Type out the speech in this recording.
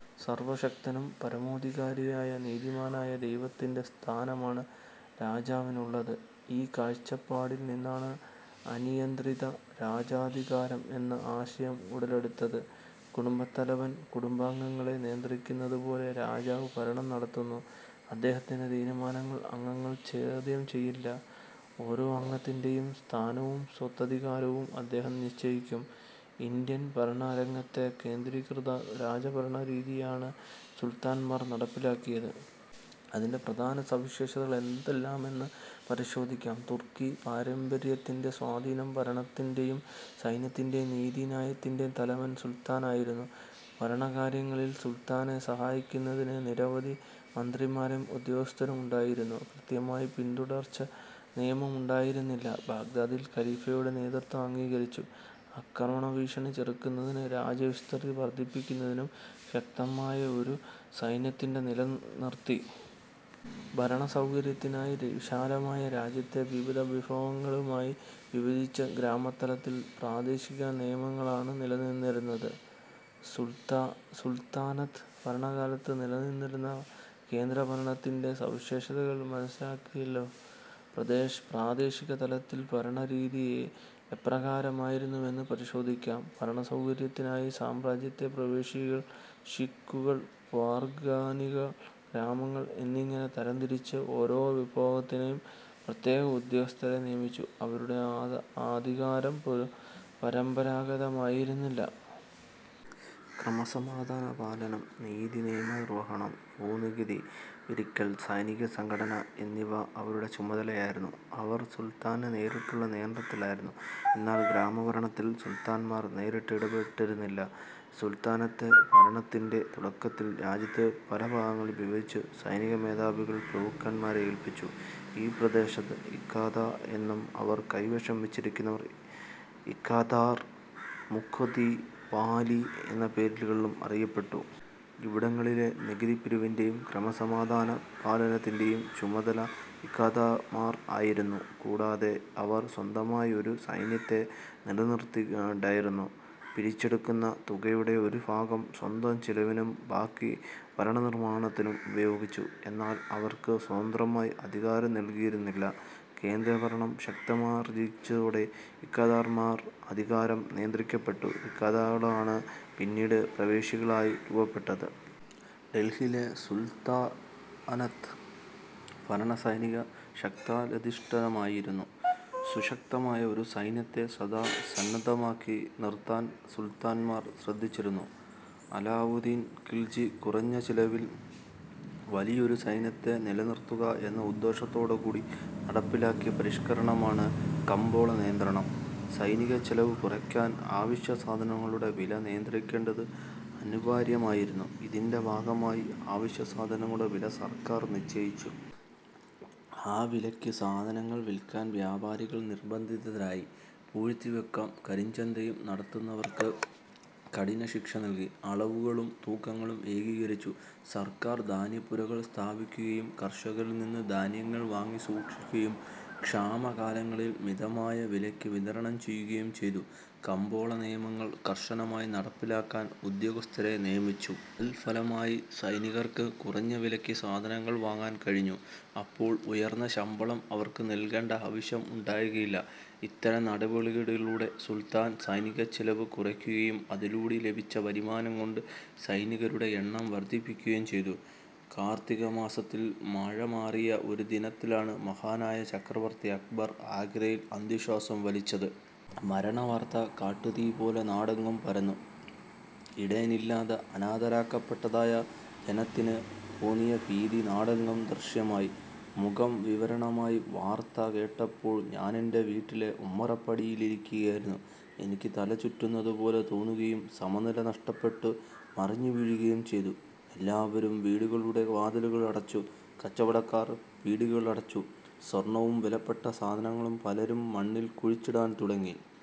സർവശക്തനും പരമാധികാരിയും നീതിമാനുമായ ദൈവത്തിന്റെ സ്ഥാനമാണ് രാജാവിനുള്ളത്. ഈ കാഴ്ചപ്പാടിൽ നിന്നാണ് അനിയന്ത്രിത രാജാധികാരം എന്ന ആശയം ഉടലെടുത്തത്. കുടുംബത്തലവൻ കുടുംബാംഗങ്ങളെ നിയന്ത്രിക്കുന്നതുപോലെ രാജാവ് ഭരണം നടത്തുന്നു. അദ്ദേഹത്തിന്റെ തീരുമാനങ്ങൾ അംഗങ്ങൾ ചോദ്യം ചെയ്യില്ല. ഓരോ അംഗത്തിന്റെയും സ്ഥാനവും സ്വത്തധികാരവും അദ്ദേഹം നിശ്ച യിക്കും. ഇന്ത്യൻ ഭരണരംഗത്ത് കേന്ദ്രീകൃത രാജഭരണരീതിയാണ് സുൽത്താന്മാർ നടപ്പിലാക്കിയത്. അതിന്റെ പ്രധാന സവിശേഷതകൾ എന്തെല്ലാമെന്ന് പരിശോധിക്കാം. തുർക്കി പാരമ്പര്യത്തിന്റെ സ്വാധീനം. ഭരണത്തിന്റെയും സൈന്യത്തിന്റെയും നീതി ന്യായത്തിന്റെയും തലവൻ സുൽത്താനായിരുന്നു. ഭരണകാര്യങ്ങളിൽ സുൽത്താനെ സഹായിക്കുന്നതിന് നിരവധി മന്ത്രിമാരും ഉദ്യോഗസ്ഥരും ഉണ്ടായിരുന്നു. കൃത്യമായ പിന്തുടർച്ചാ നിയമം ഉണ്ടായിരുന്നില്ല. ബാഗ്ദാദിലെ ഖലീഫയുടെ നേതൃത്വം അംഗീകരിച്ചു. ആക്രമണഭീഷണി ചെറുക്കുന്നതിനും രാജ്യവിസ്തൃതി വർധിപ്പിക്കുന്നതിനും ശക്തമായൊരു സൈന്യത്തെ നില നിർത്തി. ഭരണസൗകര്യത്തിനായി വിശാലമായ രാജ്യത്തെ വിവിധ വിഭാഗങ്ങളായി വിഭജിച്ചു. ഗ്രാമതലത്തിൽ പ്രാദേശികനിയമങ്ങളാണ് നിലനിന്നിരുന്നത്. സൽത്തനത്ത് ഭരണകാലത്തു നിലനിന്നിരുന്ന കേന്ദ്രഭരണത്തിന്റെ സവിശേഷതകൾ മനസ്സിലാക്കിയല്ലോ. പ്രാദേശികതലത്തിലെ ഭരണരീതി എപ്രകാരമായിരുന്നുവെന്നു പരിശോധിക്കാം. ഭരണസൗകര്യത്തിനായി സാമ്രാജ്യത്തെ പ്രവിശ്യകൾ, ഷിഖുകൾ, പർഗാനകൾ, ഗ്രാമങ്ങൾ എന്നിങ്ങനെ തരംതിരിച്ചിരുന്നു. ഓരോ വിഭാഗത്തിനും പ്രത്യേകം ഉദ്യോഗസ്ഥരെ നിയമിച്ചു. അവരുടെ അധികാരം പരമ്പരാഗതമായിരുന്നില്ല. ക്രമസമാധാനപാലനം, നീതി ന്യായനിർവഹണം, ഭൂനികുതി പിരിക്കൽ, സൈനികസംഘാടനം എന്നിവ അവരുടെ ചുമതലയായിരുന്നു. അവർ സുൽത്താന്റെ നേരിട്ടുള്ള നിയന്ത്രണത്തിലായിരുന്നു. എന്നാൽ ഗ്രാമഭരണത്തിൽ സുൽത്താന്മാർ നേരിട്ട് ഇടപെട്ടിരുന്നില്ല. സൽത്തനത്ത് ഭരണത്തിന്റെ തുടക്കത്തിൽ രാജ്യത്തെ പലഭാഗങ്ങളായി വിഭജിച്ച് സൈനികമേധാവികളായ പ്രഭുക്കന്മാരെ ഏൽപ്പിച്ചു. ഈ പ്രദേശങ്ങൾ ഇഖ്ത എന്നും അവ കൈവശം വച്ചിരുന്നവർ "ഇഖദാർ', "മുഖ്തി', 'വാലി' എന്നീ പേരുകളിലും അറിയപ്പെട്ടു. ഇവിടങ്ങളിലെ നികുതിപിരിവിന്റെയും ക്രമസമാധാന പാലനത്തിന്റെയും ചുമതല ഇഖ്ദാർമാർക്കായിരുന്നു. കൂടാതെ, അവർ സ്വന്തമായി ഒരു സൈന്യത്തെ നില നിർത്തണമായിരുന്നു. പിരിച്ചെടുക്കുന്ന തുകയുടെ ഒരു ഭാഗം സ്വന്തം ചെലവിനും ബാക്കി ഭരണനിർവഹണത്തിനും ഉപയോഗിച്ചു. എന്നാൽ അവർക്ക് സ്വതന്ത്രമായ അധികാരം നൽകിയിരുന്നില്ല. കേന്ദ്രഭരണം ശക്തിയാർജിച്ചതോടെ ഇഖ്ദാർമാരുടെ അധികാരം നിയന്ത്രിക്കപ്പെട്ടു. ഇഖ്തകളാണ് പിന്നീട് പ്രവിശ്യകളായി രൂപപ്പെട്ടത്. ഡൽഹിയിലെ സുൽതാനത്ത് ഭരണം സൈനിക ശക്തിയിലധിഷ്ഠിതമായിരുന്നു. സുശക്തമായ ഒരു സൈന്യത്തെ സദാ സന്നദ്ധമാക്കി നിർത്താൻ സുൽത്താന്മാർ ശ്രദ്ധിച്ചിരുന്നു. അലാവുദ്ദീൻ ഖൽജി കുറഞ്ഞ ചെലവിൽ വലിയൊരു സൈന്യത്തെ നിലനിർത്തുക എന്ന ഉദ്ദേശ്യത്തോടുകൂടി നടപ്പിലാക്കിയ പരിഷ്കരണമാണ് കമ്പോളനിയന്ത്രണം. സൈനികച്ചെലവ് കുറയ്ക്കാൻ അവശ്യസാധനങ്ങളുടെ വില നിയന്ത്രിക്കേണ്ടത് അനിവാര്യമായിരുന്നു. ഇതിന്റെ ഭാഗമായി അവശ്യസാധനങ്ങളുടെ വില സർക്കാർ നിശ്ചയിച്ചു. ആ വിലയ്ക്കു സാധനങ്ങൾ വിൽക്കാൻ വ്യാപാരികൾ നിർബന്ധിതരായി. പൂഴ്ത്തിവയ്ക്കും കരിഞ്ചന്തയും നടത്തുന്ന വർക്ക് കഠിനശിക്ഷ നൽകി. അളവുകളും തൂക്കങ്ങളും ഏകീകരിച്ചു. സർക്കാർ ധാന്യപ്പുരകൾ സ്ഥാപിക്കുകയും കർഷകരിൽനിന്ന് ധാന്യങ്ങൾ വാങ്ങി സൂക്ഷിക്കുകയും ക്ഷാമകാലങ്ങളിൽ മിതമായ വിലയ്ക്കു വിതരണം ചെയ്യുകയും ചെയ്തു. കമ്പോള നിയമങ്ങൾ കർശനമായി നടപ്പിലാക്കാൻ ഉദ്യോഗസ്ഥരെ നിയമിച്ചു. തദ്ഫലമായി സൈനികർക്ക് കുറഞ്ഞ വിലയ്ക്ക് സാധനങ്ങൾ വാങ്ങാൻ കഴിഞ്ഞു. അപ്പോൾ ഉയർന്ന ശമ്പളം അവർക്ക് നൽകേണ്ട ആവശ്യം ഉണ്ടായില്ല. ഇത്തരം നടപടികളിലൂടെ സുൽത്താൻ സൈനികച്ചെലവ് കുറയ്ക്കുകയും അതിലൂടെ ലഭിച്ച വരുമാനം കൊണ്ട് സൈനികരുടെ എണ്ണം വർധിപ്പിക്കുകയും ചെയ്തു. കാർത്തികമാസത്തിൽ മഴമാറിയ ഒരു ദിനത്തിലാണ് മഹാനായ ചക്രവർത്തി അക്ബർ ആഗ്രയിൽ അന്ത്യശ്വാസം വലിച്ചത്. മരണവാർത്ത കാട്ടുതീപോലെ നാടെങ്ങും പരന്നു. ഇടയനില്ലാതെ അനാഥരാക്കപ്പെട്ടതായി ജനത്തിനു തോന്നി. ഭീതി നാടെങ്ങും ദൃശ്യമായി, മുഖം വിവർണമായി... വാർത്ത കേട്ടപ്പോൾ ഞാനെന്റെ വീട്ടിലെ ഉമ്മറപ്പടിയിലിരിക്കുകയായിരുന്നു. എനിക്ക് തല ചുറ്റുന്നതുപോലെ തോന്നുകയും സമനില നഷ്ടപ്പെട്ട് മറിഞ്ഞു വീഴുകയും ചെയ്തു. എല്ലാവരും വീടുകളുടെ വാതിലുകളടച്ചു. കച്ചവടക്കാർ പീടികകളടച്ചു. സ്വർണവും വിലപ്പെട്ട സാധനങ്ങളും പലരും മണ്ണിൽ കുഴിച്ചിടാൻ തുടങ്ങി.